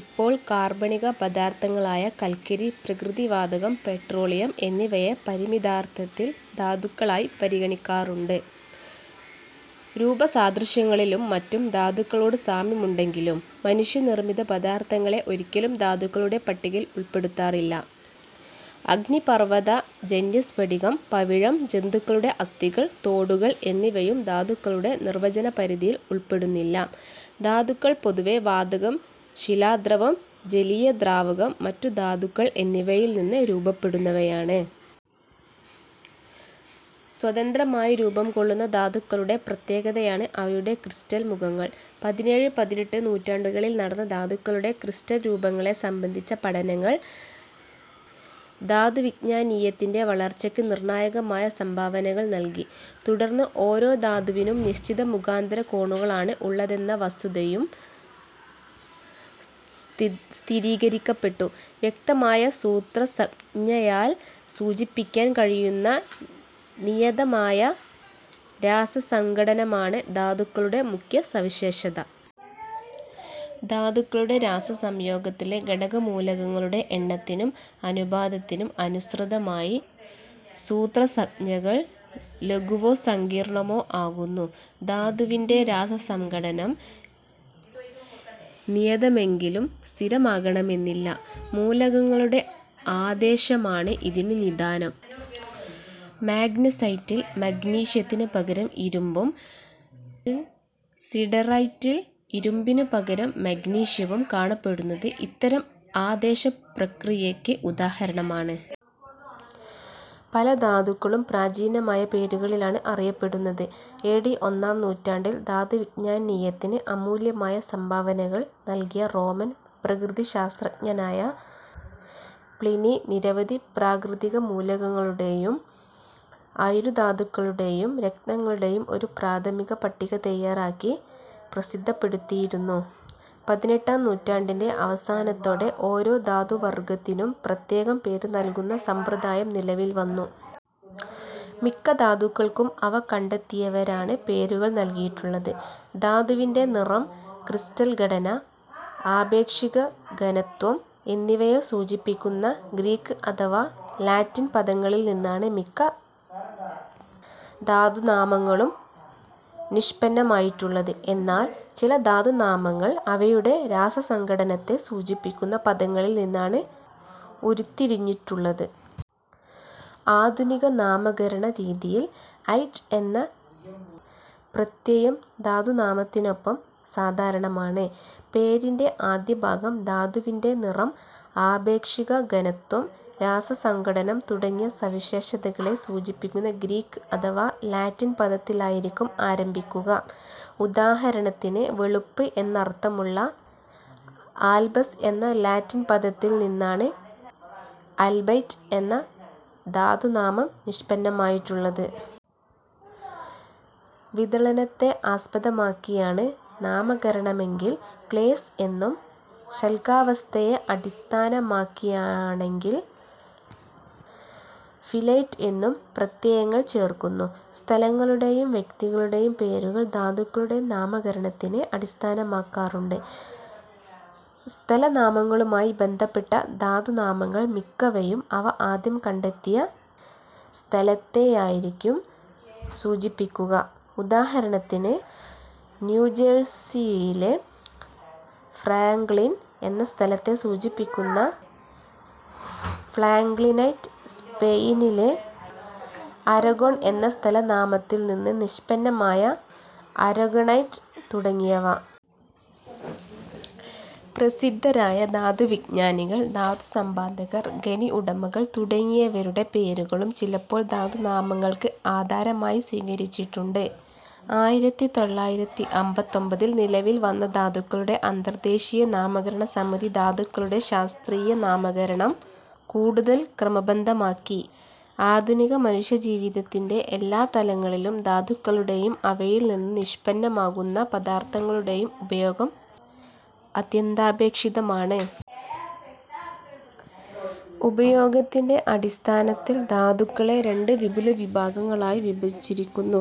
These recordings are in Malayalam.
ഇപ്പോൾ കാർബണിക പദാർത്ഥങ്ങളായ കൽക്കരി, പ്രകൃതിവാതകം, പെട്രോളിയം എന്നിവയെ പരിമിതാർത്ഥത്തിൽ ധാതുക്കളായി പരിഗണിക്കാറുണ്ട്. രൂപസാദൃശ്യങ്ങളിലും മറ്റും ധാതുക്കളോട് സാമ്യമുണ്ടെങ്കിലും മനുഷ്യ നിർമ്മിത പദാർത്ഥങ്ങളെ ഒരിക്കലും ധാതുക്കളുടെ പട്ടികയിൽ ഉൾപ്പെടുത്താറില്ല. അഗ്നിപർവ്വതജന്യ സ്ഫടികം, പവിഴം, ജന്തുക്കളുടെ അസ്ഥികൾ, തോടുകൾ എന്നിവയും ധാതുക്കളുടെ നിർവചന പരിധിയിൽ ഉൾപ്പെടുന്നില്ല. ധാതുക്കൾ പൊതുവേ വാതകം, ശിലാദ്രവം, ജലീയ ദ്രാവകം, മറ്റു ധാതുക്കൾ എന്നിവയിൽ നിന്ന് രൂപപ്പെടുന്നവയാണ്. സ്വതന്ത്രമായി രൂപംകൊള്ളുന്ന ധാതുക്കളുടെ പ്രത്യേകതയാണ് അവയുടെ ക്രിസ്റ്റൽ മുഖങ്ങൾ. പതിനേഴ്, പതിനെട്ട് നൂറ്റാണ്ടുകളിൽ നടന്ന ധാതുക്കളുടെ ക്രിസ്റ്റൽ രൂപങ്ങളെ സംബന്ധിച്ച പഠനങ്ങൾ ധാതുവിജ്ഞാനീയത്തിൻ്റെ വളർച്ചയ്ക്ക് നിർണായകമായ സംഭാവനകൾ നൽകി. തുടർന്ന് ഓരോ ധാതുവിനും നിശ്ചിത മുഖാന്തര കോണുകളാണ് ഉള്ളതെന്ന വസ്തുതയും സ്ഥി സ്ഥിരീകരിക്കപ്പെട്ടു. വ്യക്തമായ സൂത്രസംജ്ഞയാൽ സൂചിപ്പിക്കാൻ കഴിയുന്ന നിയതമായ രാസസംഘടനമാണ് ധാതുക്കളുടെ മുഖ്യ സവിശേഷത. ധാതുക്കളുടെ രാസ സംയോഗത്തിലെ ഘടക മൂലകങ്ങളുടെ എണ്ണത്തിനും അനുപാതത്തിനും അനുസൃതമായി സൂത്രസംജ്ഞകൾ ലഘുവോ സങ്കീർണ്ണമോ ആകുന്നു. ധാതുവിൻ്റെ രാസസംഘടനം നിയതമെങ്കിലും സ്ഥിരമാകണമെന്നില്ല. മൂലകങ്ങളുടെ ആദേശമാണ് ഇതിന് നിദാനം. മാഗ്നസൈറ്റിൽ മഗ്നീഷ്യത്തിന് പകരം ഇരുമ്പും, സിഡെറൈറ്റിൽ ഇരുമ്പിന് പകരം മഗ്നീഷ്യവും കാണപ്പെടുന്നത് ഇത്തരം ആദേശ പ്രക്രിയയ്ക്ക് ഉദാഹരണമാണ്. പല ധാതുക്കളും പ്രാചീനമായ പേരുകളിലാണ് അറിയപ്പെടുന്നത്. എ. ഡി. ഒന്നാം നൂറ്റാണ്ടിൽ ധാതുവിജ്ഞാനീയത്തിന് അമൂല്യമായ സംഭാവനകൾ നൽകിയ റോമൻ പ്രകൃതി ശാസ്ത്രജ്ഞനായ പ്ലിനി നിരവധി പ്രാകൃതിക മൂലകങ്ങളുടെയും അയിരു ധാതുക്കളുടെയും രത്നങ്ങളുടെയും ഒരു പ്രാഥമിക പട്ടിക തയ്യാറാക്കി പ്രസിദ്ധപ്പെടുത്തിയിരുന്നു. പതിനെട്ടാം നൂറ്റാണ്ടിൻ്റെ അവസാനത്തോടെ ഓരോ ധാതുവർഗ്ഗത്തിനും പ്രത്യേകം പേര് നൽകുന്ന സമ്പ്രദായം നിലവിൽവന്നു. മിക്ക ധാതുക്കൾക്കും അവ കണ്ടെത്തിയവരാണ് പേരുകൾ നൽകിയിട്ടുള്ളത്. ധാതുവിൻ്റെ നിറം, ക്രിസ്റ്റൽ ഘടന, ആപേക്ഷിക ഘനത്വം എന്നിവയെ സൂചിപ്പിക്കുന്ന ഗ്രീക്ക് അഥവാ ലാറ്റിൻ പദങ്ങളിൽ നിന്നാണ് മിക്ക ധാതു നാമങ്ങളും നിഷ്പന്നമായിട്ടുള്ളത്. എന്നാൽ ചില ധാതു നാമങ്ങൾ അവയുടെ രാസസംഘടനത്തെ സൂചിപ്പിക്കുന്ന പദങ്ങളിൽ നിന്നാണ് ഉരുത്തിരിഞ്ഞിട്ടുള്ളത്. ആധുനിക നാമകരണ രീതിയിൽ 'ഐറ്റ്' എന്ന പ്രത്യയം ധാതു നാമത്തിനൊപ്പം സാധാരണമാണ്. പേരിൻ്റെ ആദ്യഭാഗം ധാതുവിൻ്റെ നിറം, ആപേക്ഷിക ഘനത്വം, രാസസംഘടനം തുടങ്ങിയ സവിശേഷതകളെ സൂചിപ്പിക്കുന്ന ഗ്രീക്ക് അഥവാ ലാറ്റിൻ പദത്തിലായിരിക്കും ആരംഭിക്കുക. ഉദാഹരണത്തിന്, വെളുപ്പ് എന്നർത്ഥമുള്ള 'ആൽബസ്' എന്ന ലാറ്റിൻ പദത്തിൽ നിന്നാണ് 'അൽബൈറ്റ്' എന്ന ധാതു നാമം നിഷ്പന്നമായിട്ടുള്ളത്. വിദളനത്തെ ആസ്പദമാക്കിയാണ് നാമകരണമെങ്കിൽ 'ക്ലേസ്' എന്നും, ശല്കാവസ്ഥയെ അടിസ്ഥാനമാക്കിയാണെങ്കിൽ 'ഫിലൈറ്റ്' എന്നും പ്രത്യയങ്ങൾ ചേർക്കുന്നു. സ്ഥലങ്ങളുടെയും വ്യക്തികളുടെയും പേരുകളും ധാതുക്കളുടെ നാമകരണത്തിന് അടിസ്ഥാനമാക്കാറുണ്ട്. സ്ഥല നാമങ്ങളുമായി ബന്ധപ്പെട്ട ധാതു നാമങ്ങൾ മിക്കവയും അവ ആദ്യം കണ്ടെത്തിയ സ്ഥലത്തെയായിരിക്കും സൂചിപ്പിക്കുക. ഉദാഹരണത്തിന്, ന്യൂജേഴ്സിയിലെ ഫ്രാങ്ക്‌ളിൻ എന്ന സ്ഥലത്തെ സൂചിപ്പിക്കുന്ന ഫ്രാങ്ക്‌ളിനൈറ്റ്, സ്പെയിനിലെ അരഗൊൺ എന്ന സ്ഥല നാമത്തിൽ നിന്ന് നിഷ്പന്നമായ അരഗൊണൈറ്റ് തുടങ്ങിയവ. പ്രസിദ്ധരായ ധാതുവിജ്ഞാനികൾ, ധാതു സമ്പാദകർ, ഖനി ഉടമകൾ തുടങ്ങിയവരുടെ പേരുകളും ചിലപ്പോൾ ധാതു നാമങ്ങൾക്ക് ആധാരമായി സ്വീകരിച്ചിട്ടുണ്ട്. ആയിരത്തി തൊള്ളായിരത്തി അമ്പത്തൊൻപതിൽ നിലവിൽ വന്ന ധാതുക്കളുടെ അന്തർദേശീയ നാമകരണ സമിതി ധാതുക്കളുടെ ശാസ്ത്രീയ നാമകരണം കൂടുതൽ ക്രമബദ്ധമാക്കി. ആധുനിക മനുഷ്യജീവിതത്തിൻ്റെ എല്ലാ തലങ്ങളിലും ധാതുക്കളുടെയും അവയിൽ നിന്ന് നിഷ്പന്നമാകുന്ന പദാർത്ഥങ്ങളുടെയും ഉപയോഗം അത്യന്താപേക്ഷിതമാണ്. ഉപയോഗത്തിൻ്റെ അടിസ്ഥാനത്തിൽ ധാതുക്കളെ രണ്ട് വിപുല വിഭാഗങ്ങളായി വിഭജിച്ചിരിക്കുന്നു.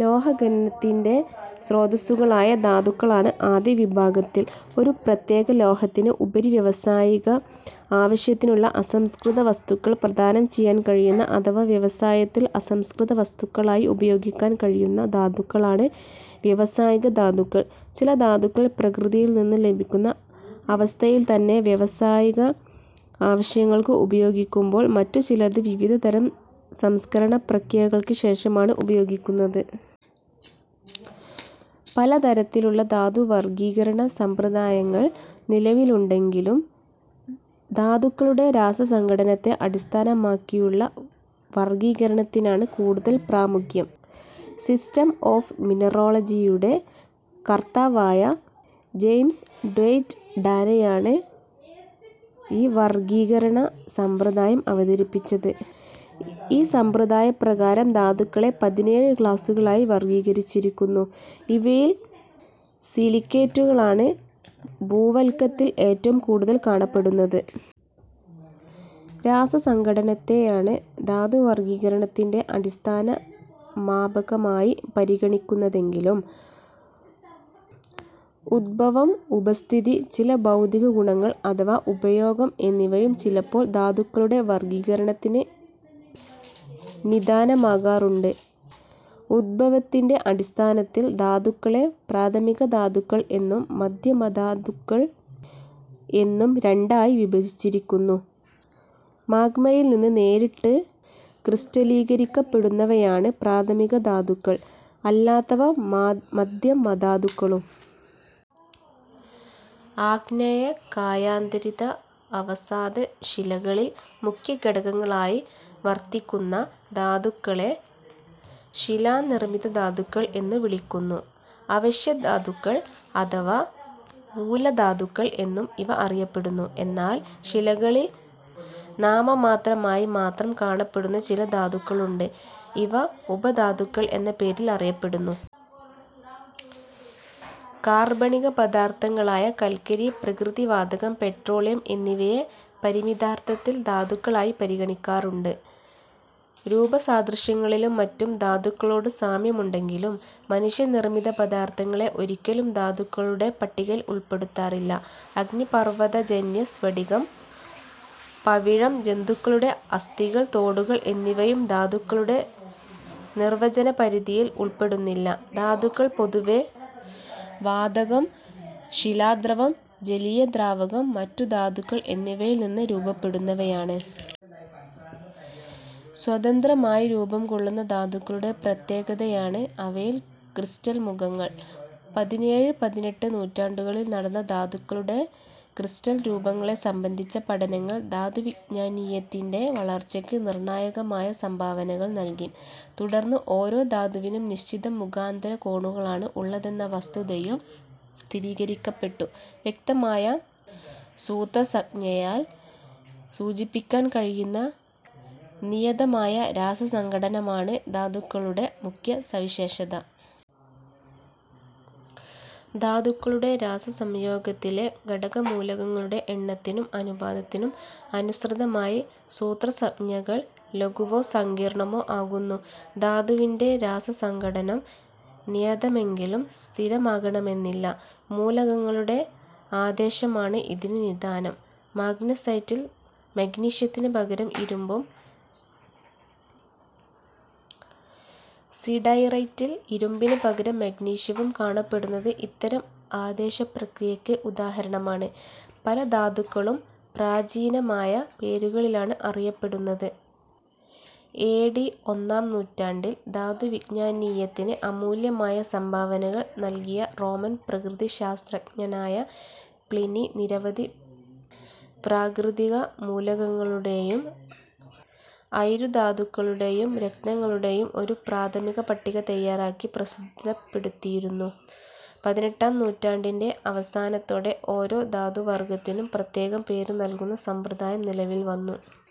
ലോഹഖനനത്തിൻ്റെ സ്രോതസ്സുകളായ ധാതുക്കളാണ് ആദ്യ വിഭാഗത്തിൽ. ഒരു പ്രത്യേക ലോഹത്തിന് ഉപരി വ്യാവസായിക ആവശ്യത്തിനുള്ള അസംസ്കൃത വസ്തുക്കൾ പ്രദാനം ചെയ്യാൻ കഴിയുന്ന, അഥവാ വ്യവസായത്തിൽ അസംസ്കൃത വസ്തുക്കളായി ഉപയോഗിക്കാൻ കഴിയുന്ന ധാതുക്കളാണ് വ്യാവസായിക ധാതുക്കൾ. ചില ധാതുക്കൾ പ്രകൃതിയിൽ നിന്ന് ലഭിക്കുന്ന അവസ്ഥയിൽത്തന്നെ വ്യാവസായിക ആവശ്യങ്ങൾക്ക് ഉപയോഗിക്കുമ്പോൾ, മറ്റു ചിലത് വിവിധതരം സംസ്കരണ പ്രക്രിയകൾക്ക് ശേഷമാണ് ഉപയോഗിക്കുന്നത്. പല തരത്തിലുള്ള ധാതു വർഗ്ഗീകരണ സമ്പ്രദായങ്ങൾ നിലവിലുണ്ടെങ്കിലും ധാതുക്കളുടെ രാസ സംഘടനത്തെ അടിസ്ഥാനമാക്കിയുള്ള വർഗ്ഗീകരണത്തിനാണ് കൂടുതൽ പ്രാമുഖ്യം. സിസ്റ്റം ഓഫ് മിനറോളജിയുടെ കർത്താവായ ജെയിംസ് ഡ്വൈറ്റ് ഡാനയാണ് ഈ വർഗ്ഗീകരണ സമ്പ്രദായം അവതരിപ്പിച്ചത്. ഈ സമ്പ്രദായപ്രകാരം ധാതുക്കളെ പതിനേഴ് ക്ലാസുകളായി വർഗ്ഗീകരിച്ചിരിക്കുന്നു. ഇവയിൽ സിലിക്കേറ്റുകളാണ് ഭൂവൽക്കത്തിൽ ഏറ്റവും കൂടുതൽ കാണപ്പെടുന്നത്. രാസസംഘടനത്തെയാണ് ധാതു വർഗ്ഗീകരണത്തിൻ്റെ അടിസ്ഥാന മാപകമായി പരിഗണിക്കുന്നതെങ്കിലും ഉദ്ഭവം, ഉപസ്ഥിതി, ചില ഭൗതിക ഗുണങ്ങൾ അഥവാ ഉപയോഗം എന്നിവയും ചിലപ്പോൾ ധാതുക്കളുടെ വർഗ്ഗീകരണത്തിന് നിദാനമാകാറുണ്ട്. ഉദ്ഭവത്തിൻ്റെ അടിസ്ഥാനത്തിൽ ധാതുക്കളെ പ്രാഥമിക ധാതുക്കൾ എന്നും മധ്യ മധാതുക്കൾ എന്നും രണ്ടായി വിഭജിച്ചിരിക്കുന്നു. മാഗ്മയിൽ നിന്ന് നേരിട്ട് ക്രിസ്റ്റലീകരിക്കപ്പെടുന്നവയാണ് പ്രാഥമിക ധാതുക്കൾ, അല്ലാത്തവ മധ്യ മധാതുക്കളും. ആഗ്നേയ, കായാന്തരിത, അവസാദ ശിലകളിൽ മുഖ്യ ഘടകങ്ങളായി വർത്തിക്കുന്ന ധാതുക്കളെ ശിലാനിർമ്മിത ധാതുക്കൾ എന്ന് വിളിക്കുന്നു. അവശ്യ ധാതുക്കൾ അഥവാ മൂല ധാതുക്കൾ എന്നും ഇവ അറിയപ്പെടുന്നു. എന്നാൽ ശിലകളിൽ നാമമാത്രമായി മാത്രം കാണപ്പെടുന്ന ചില ധാതുക്കളുണ്ട്. ഇവ ഉപ ധാതുക്കൾ എന്ന പേരിൽ അറിയപ്പെടുന്നു. കാർബണിക പദാർത്ഥങ്ങളായ കൽക്കരി, പ്രകൃതിവാതകം, പെട്രോളിയം എന്നിവയെ പരിമിതാർത്ഥത്തിൽ ധാതുക്കളായി പരിഗണിക്കാറുണ്ട്. രൂപസാദൃശ്യങ്ങളിലും മറ്റും ധാതുക്കളോട് സാമ്യമുണ്ടെങ്കിലും മനുഷ്യ നിർമ്മിത പദാർത്ഥങ്ങളെ ഒരിക്കലും ധാതുക്കളുടെ പട്ടികയിൽ ഉൾപ്പെടുത്താറില്ല. അഗ്നിപർവ്വതജന്യ സ്ഫടികം, പവിഴം, ജന്തുക്കളുടെ അസ്ഥികൾ, തോടുകൾ എന്നിവയും ധാതുക്കളുടെ നിർവചന പരിധിയിൽ ഉൾപ്പെടുന്നില്ല. ധാതുക്കൾ പൊതുവേ വാതകം, ശിലാദ്രവം, ജലീയ ദ്രാവകം, മറ്റു ധാതുക്കൾ എന്നിവയിൽ നിന്ന് രൂപപ്പെടുന്നവയാണ്. സ്വതന്ത്രമായി രൂപംകൊള്ളുന്ന ധാതുക്കളുടെ പ്രത്യേകതയാണ് അവയുടെ ക്രിസ്റ്റൽ മുഖങ്ങൾ. പതിനേഴ്, പതിനെട്ട് നൂറ്റാണ്ടുകളിൽ നടന്ന ധാതുക്കളുടെ ക്രിസ്റ്റൽ രൂപങ്ങളെ സംബന്ധിച്ച പഠനങ്ങൾ ധാതുവിജ്ഞാനീയത്തിൻ്റെ വളർച്ചയ്ക്ക് നിർണായകമായ സംഭാവനകൾ നൽകി. തുടർന്ന് ഓരോ ധാതുവിനും നിശ്ചിത മുഖാന്തര കോണുകളാണ് ഉള്ളതെന്ന വസ്തുതയും സ്ഥിരീകരിക്കപ്പെട്ടു. വ്യക്തമായ സൂത്രസംജ്ഞയാൽ സൂചിപ്പിക്കാൻ കഴിയുന്ന നിയതമായ രാസസംഘടനമാണ് ധാതുക്കളുടെ മുഖ്യ സവിശേഷത. ധാതുക്കളുടെ രാസ സംയോഗത്തിലെ ഘടക മൂലകങ്ങളുടെ എണ്ണത്തിനും അനുപാതത്തിനും അനുസൃതമായി സൂത്രസംജ്ഞകൾ ലഘുവോ സങ്കീർണ്ണമോ ആകുന്നു. ധാതുവിൻ്റെ രാസസംഘടനം നിയതമെങ്കിലും സ്ഥിരമാകണമെന്നില്ല. മൂലകങ്ങളുടെ ആദേശമാണ് ഇതിന് നിദാനം. മാഗ്നസൈറ്റിൽ മഗ്നീഷ്യത്തിന് പകരം ഇരുമ്പും, സിഡെറൈറ്റിൽ ഇരുമ്പിന് പകരം മഗ്നീഷ്യവും കാണപ്പെടുന്നത് ഇത്തരം ആദേശ പ്രക്രിയയ്ക്ക് ഉദാഹരണമാണ്. പല ധാതുക്കളും പ്രാചീനമായ പേരുകളിലാണ് അറിയപ്പെടുന്നത്. എ. ഡി. ഒന്നാം നൂറ്റാണ്ടിൽ ധാതുവിജ്ഞാനീയത്തിന് അമൂല്യമായ സംഭാവനകൾ നൽകിയ റോമൻ പ്രകൃതി ശാസ്ത്രജ്ഞനായ പ്ലിനി നിരവധി പ്രാകൃതിക മൂലകങ്ങളുടെയും അയിരു ധാതുക്കളുടെയും രത്നങ്ങളുടെയും ഒരു പ്രാഥമിക പട്ടിക തയ്യാറാക്കി പ്രസിദ്ധപ്പെടുത്തിയിരുന്നു. പതിനെട്ടാം നൂറ്റാണ്ടിൻ്റെ അവസാനത്തോടെ ഓരോ ധാതുവർഗ്ഗത്തിനും പ്രത്യേകം പേര് നൽകുന്ന സമ്പ്രദായം നിലവിൽവന്നു.